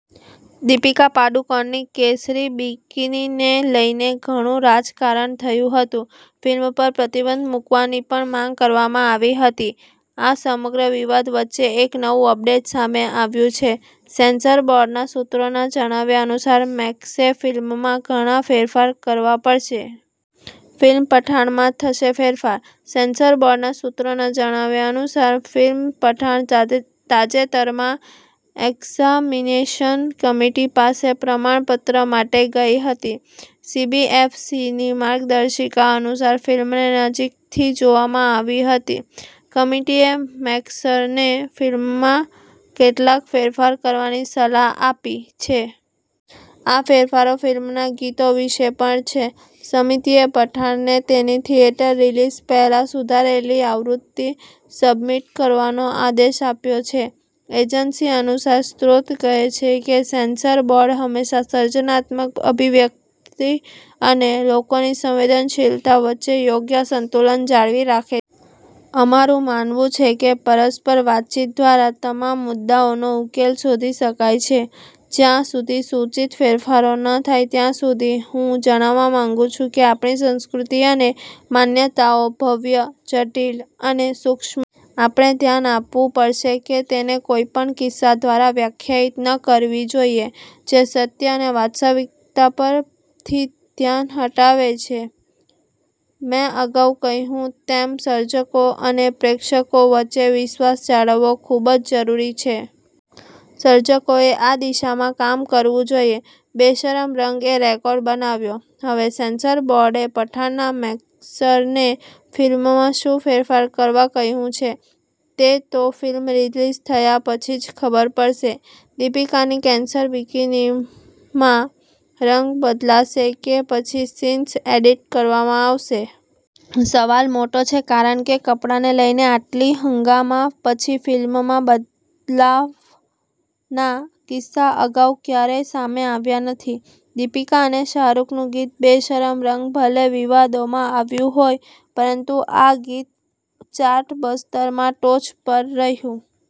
દીપિકા પાદુકોણની 'કેસરી બિકીની'ને લઈને ઘણું રાજકારણ થયું હતું. ફિલ્મ પર પ્રતિબંધ મૂકવાની પણ માંગ કરવામાં આવી હતી. આ સમગ્ર વિવાદ વચ્ચે એક નવું અપડેટ સામે આવ્યું છે. સેન્સર બોર્ડના સૂત્રોના જણાવ્યા અનુસાર મેકર્સે ફિલ્મમાં ઘણા ફેરફાર કરવા પડશે. ફિલ્મ 'પઠાણ'માં થશે ફેરફાર? સેન્સર બોર્ડના સૂત્રોના જણાવ્યા અનુસાર, ફિલ્મ પઠાણ તાજેતરમાં એક્ઝામિનેશન કમિટી પાસે પ્રમાણપત્ર માટે ગઈ હતી. સીબીએફસીની માર્ગદર્શિકા અનુસાર ફિલ્મને નજીકથી જોવામાં આવી હતી. કમિટીએ મેકર્સને ફિલ્મમાં કેટલાક ફેરફાર કરવાની સલાહ આપી છે. આ ફેરફારો ફિલ્મના ગીતો વિશે પણ છે. સમિતિએ પઠાણને તેની થિયેટર રિલીઝ પહેલાં સુધારેલી આવૃત્તિ સબમિટ કરવાનો આદેશ આપ્યો છે. એજન્સી અનુસાર, સ્ત્રોત કહે છે કે "સેન્સર બોર્ડ હંમેશા સર્જનાત્મક અભિવ્યક્તિ અને લોકોની સંવેદનશીલતા વચ્ચે યોગ્ય સંતુલન જાળવી રાખે છે. " અમારું માનવું છે કે પરસ્પર વાતચીત દ્વારા તમામ મુદ્દાઓનો ઉકેલ શોધી શકાય છે. જ્યાં સુધી સૂચિત ફેરફારો ન થાય ત્યાં સુધી, હું જણાવવા માંગુ છું કે આપણી સંસ્કૃતિ અને માન્યતાઓ ભવ્ય, જટિલ અને સૂક્ષ્મ છે. "આપણે ધ્યાન આપવું પડશે કે તેને કોઈપણ કિસ્સા દ્વારા વ્યાખ્યાયિત ન કરવી જોઈએ. જે સત્ય અને વાસ્તવિકતા પરથી ધ્યાન હટાવે છે. મેં અગાઉ કહ્યું તેમ સર્જકો અને પ્રેક્ષકો વચ્ચે વિશ્વાસ જાળવવો ખૂબ જ જરૂરી છે. સર્જકોએ આ દિશામાં કામ કરવું જોઈએ. 'બેશરમ રંગ' એ રેકોર્ડ બનાવ્યો: હવે સેન્સર બોર્ડે પઠાણના મેકર્સને ફિલ્મમાં શું ફેરફાર કરવા કહ્યું છે, તે તો ફિલ્મ રિલીઝ થયા પછી જ ખબર પડશે. દીપિકાની 'કેસર બિકીની'માં રંગ બદલાશે કે પછી સીન્સ એડિટ કરવામાં આવશે? સવાલ મોટો છે, કારણ કે કપડાને લઈને આટલી હંગામા પછી ફિલ્મમાં બદલાવના કિસ્સા અગાઉ ક્યારેય સામે આવ્યા નથી. દીપિકા અને શાહરૂખનું ગીત બેશરમ રંગ ભલે વિવાદોમાં આવ્યું હોય, પરંતુ આ ગીત ચાર્ટબસ્ટરમાં ટોચ પર રહ્યું.